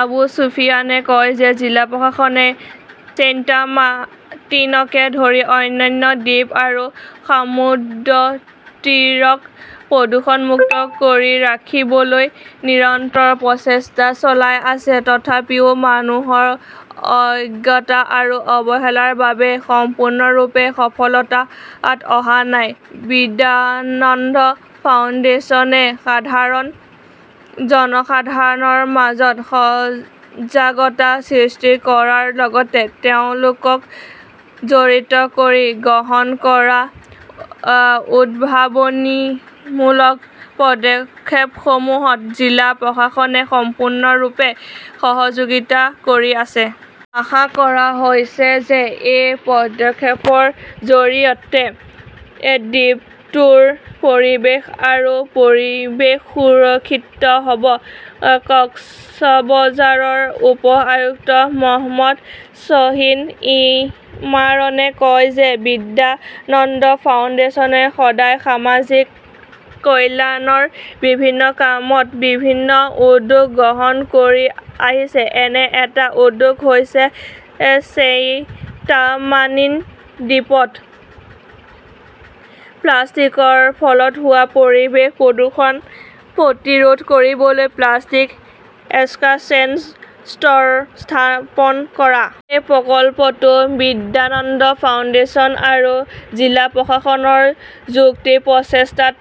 আবু ছুফিয়ানে কয় যে জিলা প্ৰশাসনে ছেইণ্টমাৰ্টিনকে ধৰি অন্যান্য দ্বীপ আৰু সমুদ্ৰতীৰক প্ৰদূষণমুক্ত কৰি ৰাখিবলৈ নিৰন্তৰ প্ৰচেষ্টা চলাই আছে। তথাপিও মানুহৰ অজ্ঞতা আৰু অৱহেলাৰ বাবে সম্পূৰ্ণৰূপে সফলতাত অহা নাই। বিদ্যানন্দ ফাউণ্ডেচনে সাধাৰণ জনসাধাৰণৰ মাজত সজাগতা সৃষ্টি কৰাৰ লগতে তেওঁলোকক জড়িত কৰি গ্ৰহণ কৰা উদ্ভাৱনীমূলক পদক্ষেপসমূহত জিলা প্ৰশাসনে সম্পূৰ্ণৰূপে সহযোগিতা কৰি আছে। আশা কৰা হৈছে যে এই পদক্ষেপৰ জৰিয়তে দ্বীপটোৰ পৰিৱেশ আৰু পৰিৱেশ সুৰক্ষিত হ'ব। কক্সবজাৰৰ উপ-আয়ুক্ত মহম্মদ শ্বাহিন ইমৰানে কয় যে বিদ্যানন্দ ফাউণ্ডেচনে সদায় সামাজিক কল্যাণৰ বিভিন্ন কামত বিভিন্ন উদ্যোগ গ্ৰহণ কৰি আহিছে। এনে এটা উদ্যোগ হৈছে ছেইণ্টমাৰ্টিন দ্বীপত প্লাষ্টিকৰ ফলত হোৱা পৰিৱেশ প্ৰদূষণ প্ৰতিৰোধ কৰিবলৈ "প্লাষ্টিক এক্সচেঞ্জ ষ্ট'ৰ" স্থাপন কৰা। এই প্ৰকল্পটো বিদ্যানন্দ ফাউণ্ডেশ্যন আৰু জিলা প্ৰশাসনৰ যুটীয়া প্ৰচেষ্টাত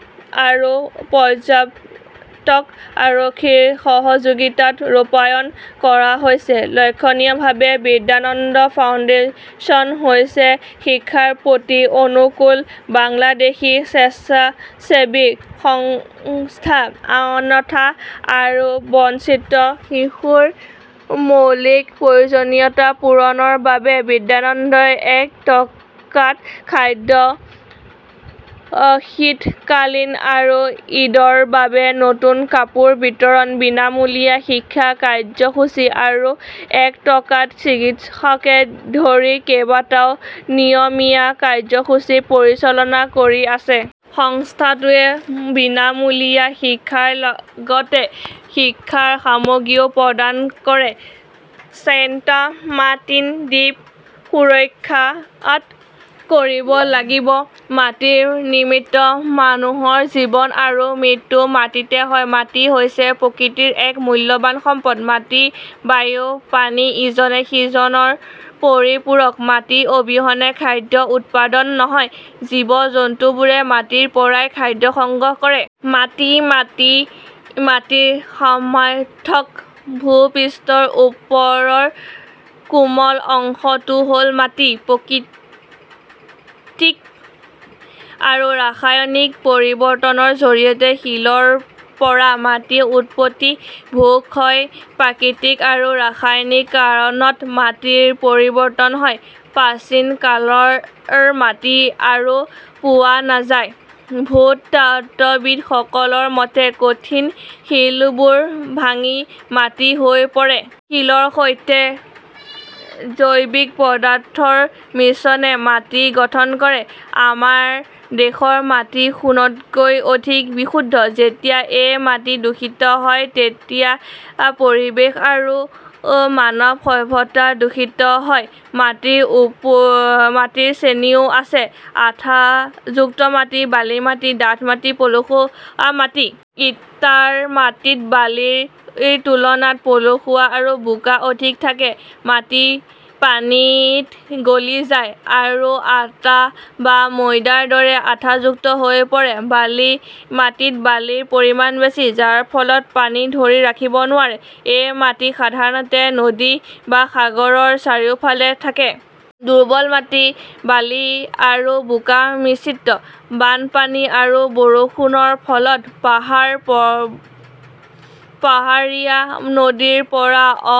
আৰু পৰ্যটক আৰক্ষীৰ সহযোগিতাত ৰূপায়ণ কৰা হৈছে। লক্ষণীয়ভাৱে, বিদ্যানন্দ ফাউণ্ডেশ্যন হৈছে শিক্ষাৰ প্ৰতি অনুকূল বাংলাদেশী স্বেচ্ছাসেৱী সংস্থা। অনাথ আৰু বঞ্চিত শিশুৰ মৌলিক প্ৰয়োজনীয়তা পূৰণৰ বাবে বিদ্যানন্দই এক টকাত খাদ্য, শীতকালীন আৰু ঈদৰ বাবে নতুন কাপোৰ বিতৰণ, বিনামূলীয়া শিক্ষা কাৰ্যসূচী আৰু এক টকাত চিকিৎসাকে ধৰি কেইবাটাও নিয়মীয়া কাৰ্যসূচী পৰিচালনা কৰি আছে। সংস্থাটোৱে বিনামূলীয়া শিক্ষাৰ লগতে শিক্ষাৰ সামগ্ৰীও প্ৰদান কৰে। ছেইণ্টমাৰ্টিন দ্বীপ সুৰক্ষিত কৰিব লাগিব। মাটিৰে নিৰ্মিত মানুহৰ জীৱন আৰু মৃত্যু মাটিতে হয়। মাটি হৈছে প্ৰকৃতিৰ এক মূল্যৱান সম্পদ। মাটি-বায়ু-পানী ইজনে সিজনৰ পৰিপূৰক। মাটি অবিহনে খাদ্য উৎপাদন নহয়, জীৱ-জন্তুবোৰে মাটিৰ পৰাই খাদ্য সংগ্ৰহ কৰে। মাটি-মাটি-মাটিৰ সমাৰ্থক। ভূ-পৃষ্ঠৰ ওপৰৰ কোমল অংশটো হ'ল মাটি । প্ৰাকৃতিক আৰু ৰাসায়নিক পৰিৱৰ্তনৰ জৰিয়তে শিলৰ পৰা মাটিৰ উৎপত্তি। ভূমি ক্ষয়, প্ৰাকৃতিক আৰু ৰাসায়নিক কাৰণত মাটিৰ পৰিৱৰ্তন হয়। প্ৰাচীনকালৰ মাটি আৰু পোৱা নাযায়। ভূতত্ত্ববিদসকলৰ মতে, কঠিন শিলবোৰ ভাঙি মাটি হৈ পৰে। শিলৰ সৈতে জৈৱিক পদাৰ্থৰ মিশ্ৰণে মাটি গঠন কৰে। আমাৰ দেশৰ মাটি "সোণতকৈ অধিক বিশুদ্ধ "। যেতিয়া এই মাটি দূষিত হয় তেতিয়া পৰিৱেশ আৰু মানৱ সভ্যতা দূষিত হয়। মাটিৰ শ্ৰেণীও আছে। আঠাযুক্ত মাটি, বালি মাটি, ডাঠ মাটি, পলসুৱা মাটি। ইটাৰ মাটিত বালিৰ তুলনাত পলসুৱা আৰু বোকা অধিক থাকে। মাটি পানীত গলি যায় আৰু আটা বা ময়দাৰ দৰে আঠাযুক্ত হৈ পৰে। বালিৰ মাটিত বালিৰ পৰিমাণ বেছি, যাৰ ফলত পানী ধৰি ৰাখিব নোৱাৰি। এই মাটি সাধাৰণতে নদী বা সাগৰৰ চাৰিওফালে থাকে। দুৰ্বল মাটি বালি আৰু বোকাৰে মিশ্ৰিত। বানপানী আৰু বৰষুণৰ ফলত পাহাৰ ,পাহাৰীয়া নদীৰ পাৰ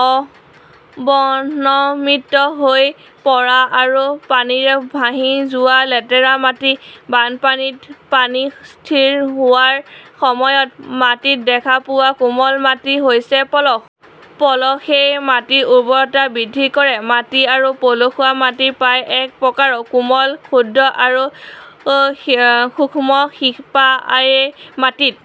অৱনমিত হৈ পৰা আৰু পানীৰে ভাহি যোৱা লেতেৰা মাটি। বানপানীত পানী স্থিৰ হোৱাৰ সময়ত মাটিত দেখা পোৱা কোমল মাটি হৈছে পলস। পলসুৱাই মাটিৰ উৰ্বৰতা বৃদ্ধি কৰে। মাটি আৰু পলসুৱা মাটি প্ৰায় এক প্ৰকাৰৰ কোমল, ক্ষুদ্ৰ আৰু সূক্ষ্ম শিপা। এই মাটিত